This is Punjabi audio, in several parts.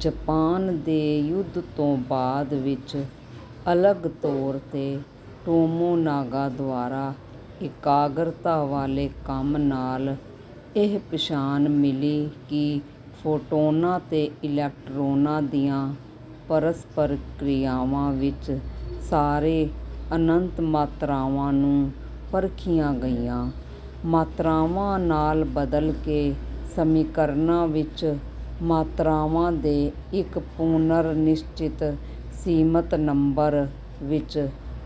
ਜਪਾਨ ਦੇ ਯੁੱਧ ਤੋਂ ਬਾਅਦ ਵਿੱਚ ਅਲੱਗ ਤੌਰ ਤੇ ਟੋਮੋਨਾਗਾ ਦੁਆਰਾ ਇਕਾਗਰਤਾ ਵਾਲੇ ਕੰਮ ਨਾਲ ਇਹ ਪਛਾਣ ਮਿਲੀ ਕਿ ਫੋਟੌਨਾਂ ਤੇ ਇਲੈਕਟ੍ਰੋਨਾਂ ਦੀਆਂ ਪਰਸਪਰ ਕ੍ਰਿਆਵਾਂ ਵਿੱਚ ਸਾਰੇ ਅਨੰਤ ਮਾਤਰਾਵਾਂ ਨੂੰ ਪਰਖੀਆਂ ਗਈਆਂ ਮਾਤਰਾਵਾਂ ਨਾਲ ਬਦਲ ਕੇ ਸਮੀਕਰਨਾਂ ਵਿੱਚ ਮਾਤਰਾਵਾਂ ਦੇ ਇੱਕ ਪੁਨਰ-ਨਿਸ਼ਚਿਤ ਸੀਮਤ ਨੰਬਰ ਵਿੱਚ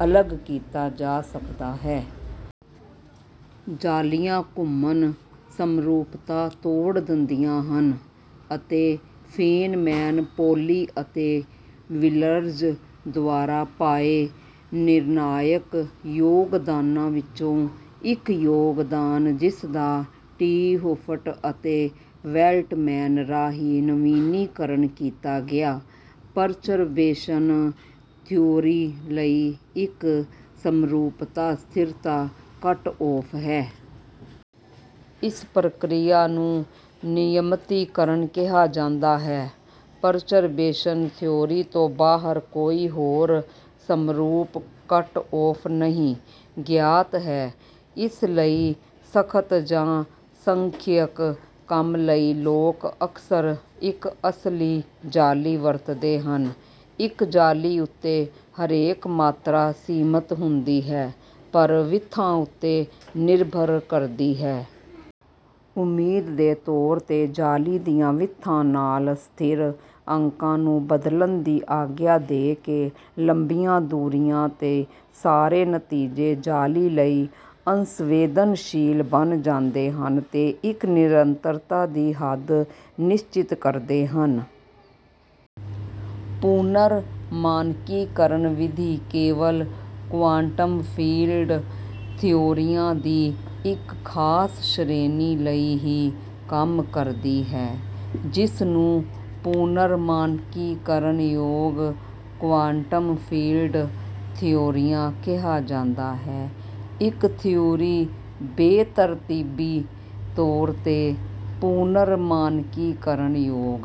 ਅਲੱਗ ਕੀਤਾ ਜਾ ਸਕਦਾ ਹੈ। ਜਾਲੀਆਂ ਘੁੰਮਣ ਸਮਰੂਪਤਾ ਤੋੜ ਦਿੰਦੀਆਂ ਹਨ। ਅਤੇ ਫੇਨਮੈਨ ਪੌਲੀ ਅਤੇ ਵਿੱਲਰਜ਼ ਦੁਆਰਾ ਪਾਏ ਨਿਰਣਾਇਕ ਯੋਗਦਾਨਾਂ ਵਿੱਚੋਂ ਇੱਕ ਯੋਗਦਾਨ ਜਿਸਦਾ 'ਟੀ' ਹੂਫਟ ਅਤੇ ਵੈਲੱਟਮੈਨ ਰਾਹੀਂ ਨਵੀਨੀਕਰਨ ਕੀਤਾ ਗਿਆ ਪਰਚਰਬੇਸ਼ਨ ਥਿਊਰੀ ਲਈ ਇੱਕ ਸਮਰੂਪਤਾ ਸਥਿਰਤਾ ਕੱਟ-ਔਫ ਹੈ। ਇਸ ਪ੍ਰਕ੍ਰਿਆ ਨੂੰ ਨਿਯਮਤੀਕਰਨ ਕਿਹਾ ਜਾਂਦਾ ਹੈ। ਪਰਚਰਬੇਸ਼ਨ ਥਿਊਰੀ ਤੋਂ ਬਾਹਰ ਕੋਈ ਹੋਰ ਸਮਰੂਪ ਕੱਟ-ਔਫ ਨਹੀਂ ਗਿਆਤ ਹੈ ਇਸ ਲਈ ਸਖਤ ਜਾਂ ਸੰਖਿਅਕ ਕੰਮ ਲਈ ਲੋਕ ਅਕਸਰ ਇੱਕ ਅਸਲੀ ਜਾਲੀ ਵਰਤਦੇ ਹਨ। ਇੱਕ ਜਾਲੀ ਉੱਤੇ ਹਰੇਕ ਮਾਤਰਾ ਸੀਮਤ ਹੁੰਦੀ ਹੈ ਪਰ ਵਿੱਥਾਂ ਉੱਤੇ ਨਿਰਭਰ ਕਰਦੀ ਹੈ। ਉਮੀਦ ਦੇ ਤੌਰ ਤੇ ਜਾਲੀ ਦੀਆਂ ਵਿੱਥਾਂ ਨਾਲ ਸਥਿਰ ਅੰਕਾਂ ਨੂੰ ਬਦਲਣ ਦੀ ਆਗਿਆ ਦੇ ਕੇ ਲੰਬੀਆਂ ਦੂਰੀਆਂ ਤੇ ਸਾਰੇ ਨਤੀਜੇ ਜਾਲੀ ਲਈ ਅਸੰਵੇਦਨਸ਼ੀਲ ਬਣ ਜਾਂਦੇ ਹਨ ਤੇ ਇੱਕ ਨਿਰੰਤਰਤਾ ਦੀ ਹੱਦ ਨਿਸ਼ਚਿਤ ਕਰਦੇ ਹਨ। ਪੁਨਰ-ਮਾਨਕੀਕਰਨ ਵਿਧੀ ਕੇਵਲ ਕੁਆਂਟਮ ਫੀਲਡ ਥਿਊਰੀਆਂ ਦੀ ਇੱਕ ਖਾਸ ਸ਼੍ਰੇਣੀ ਲਈ ਹੀ ਕੰਮ ਕਰਦੀ ਹੈ ਜਿਸ ਨੂੰ ਪੁਨਰ-ਮਾਨਕੀਕਰਨਯੋਗ ਕੁਆਂਟਮ ਫੀਲਡ ਥਿਊਰੀਆਂ ਕਿਹਾ ਜਾਂਦਾ ਹੈ। ਇੱਕ ਥਿਊਰੀ ਬੇਤਰਤੀਬੀ ਤੌਰ ਤੇ ਪੁਨਰ-ਮਾਨਕੀਕਰਨਯੋਗ